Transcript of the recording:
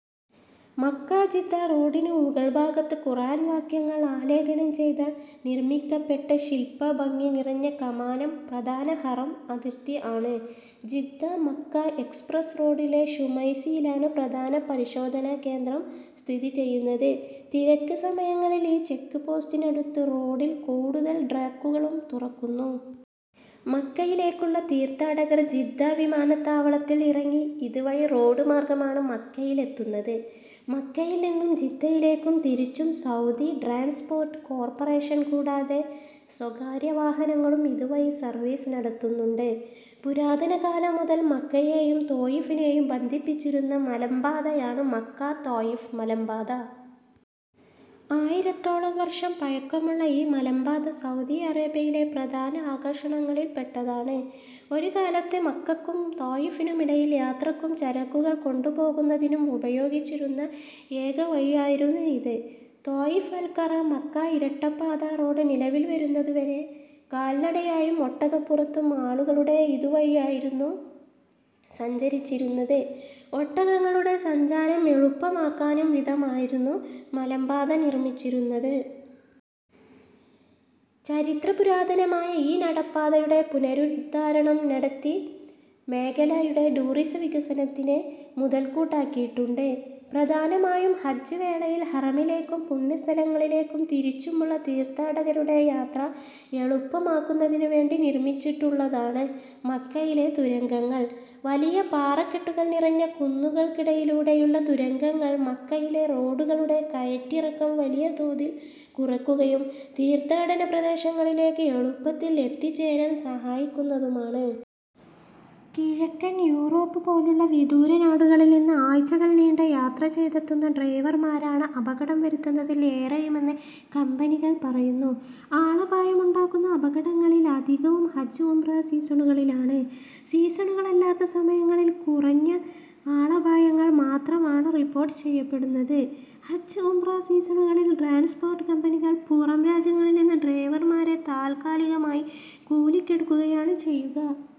Mecca Jeddah റോഡിനു മുകൾ ഭാഗത്ത് ഖുർആൻ വാക്യങ്ങൾ ആലേഖനം ചെയ്ത നിർമ്മിക്കപ്പെട്ട ശിൽപ്പഭംഗി നിറഞ്ഞ കമാനം പ്രധാന ഹറം അതിർത്തി ആണ്. ജിദ്ദ-മക്ക എക്സപ്രസ് റോഡിലെ ശുമൈസിയിലാണ് പ്രധാന പരിശോധനാ കേന്ദ്രം സ്ഥിതി ചെയ്യുന്നത്. തിരക്ക് സമയങ്ങളിൽ ഈ ചെക്ക് പോസ്റ്റിനടുത്ത് റോഡിൽ കൂടുതൽ ട്രാക്കുകളും തുറക്കുന്നു. മക്കയിലേക്കുള്ള തീർത്ഥാടകർ ജിദ്ദ വിമാനത്താവളത്തിൽ ഇറങ്ങി ഇത് വഴി റോഡ് മാർഗ്ഗമാണ് മക്കയിലെത്തുന്നത്. മക്കയിൽ നിന്നും ജിദ്ദയിലേക്കും തിരിച്ചും സൗദി ട്രാൻസ്പോർട്ട് കോർപറേഷൻ കൂടാതെ സ്വകാര്യ വാഹനങ്ങളും ഇത് വഴി സർവീസ് നടത്തുന്നുണ്ട്. പുരാതന കാലം മുതൽ മക്കയെയും ത്വായിഫിനെയും ബന്ധിപ്പിച്ചിരുന്ന മലമ്പാതയാണ് മക്ക-താഇഫ് മലമ്പാത. ആയിരത്തോളം വർഷം പഴക്കമുള്ള ഈ മലമ്പാത സൗദി അറേബ്യയിലെ പ്രധാന ആകർഷണങ്ങളിൽ പെട്ടതാണ്. ഒരു കാലത്ത് മക്കക്കും താഇഫിനുമിടയിൽ യാത്രക്കും ചരക്കുകൾ കൊണ്ടുപോകുന്നതിനും ഉപയോഗിച്ചിരുന്ന ഏക വഴിയായിരുന്നു ഇത്. താഇഫ് അൽകറ-മക്ക ഇരട്ടപ്പാത റോഡ് നിലവിൽവരുന്നതുവരെ കാൽനടയായും ഒട്ടകപ്പുറത്തും ആളുകളുടെ ഇതുവഴിയായിരുന്നു സഞ്ചരിച്ചിരുന്നത്. ഒട്ടകങ്ങളുടെ സഞ്ചാരം എളുപ്പമാക്കും വിധമായിരുന്നു മലമ്പാത നിർമ്മിച്ചിരുന്നത്. ചരിത്ര പുരാതനമായ ഈ നടപ്പാതയുടെ പുനരുദ്ധാരണം നടത്തി മേഖലയുടെ ടൂറിസ വികസനത്തിന് മുതൽക്കൂട്ടാക്കിയിട്ടുണ്ട്. പ്രധാനമായും ഹജ്ജ് വേളയിൽ ഹറമിലേക്കും പുണ്യസ്ഥലങ്ങളിലേക്കും തിരിച്ചുമുള്ള തീർത്ഥാടകരുടെ യാത്ര എളുപ്പമാക്കുന്നതിനു വേണ്ടി നിർമ്മിച്ചിട്ടുള്ളതാണ് മക്കയിലെ തുരങ്കങ്ങൾ. വലിയ പാറക്കെട്ടുകൾ നിറഞ്ഞ കുന്നുകൾക്കിടയിലൂടെയുള്ള തുരങ്കങ്ങൾ മക്കയിലെ റോഡുകളുടെ കയറ്റിറക്കം വലിയ തോതിൽ കുറക്കുകയും തീർത്ഥാടന പ്രദേശങ്ങളിലേക്ക് എളുപ്പത്തിൽ എത്തിച്ചേരാൻ സഹായിക്കുന്നതുമാണ്. കിഴക്കൻ യൂറോപ്പ് പോലുള്ള വിദൂര നാടുകളിൽ നിന്ന് ആഴ്ചകൾ നീണ്ട യാത്ര ചെയ്തെത്തുന്ന ഡ്രൈവർമാരാണ് അപകടം വരുത്തുന്നതിൽ ഏറെയുമെന്ന് കമ്പനികൾ പറയുന്നു. ആളപായമുണ്ടാകുന്ന അപകടങ്ങളിൽ അധികവും ഹജ്ജ്-ഉംറ സീസണുകളിലാണ്. സീസണുകളല്ലാത്ത സമയങ്ങളിൽ കുറഞ്ഞ ആളപായങ്ങൾ മാത്രമാണ് റിപ്പോർട്ട് ചെയ്യപ്പെടുന്നത്. ഹജ്ജ്-ഉംറ സീസണുകളിൽ ട്രാൻസ്പോർട്ട് കമ്പനികൾ പുറം രാജ്യങ്ങളിൽനിന്ന് ഡ്രൈവർമാരെ താൽക്കാലികമായി കൂലിക്കെടുക്കുകയാണ് ചെയ്യുക.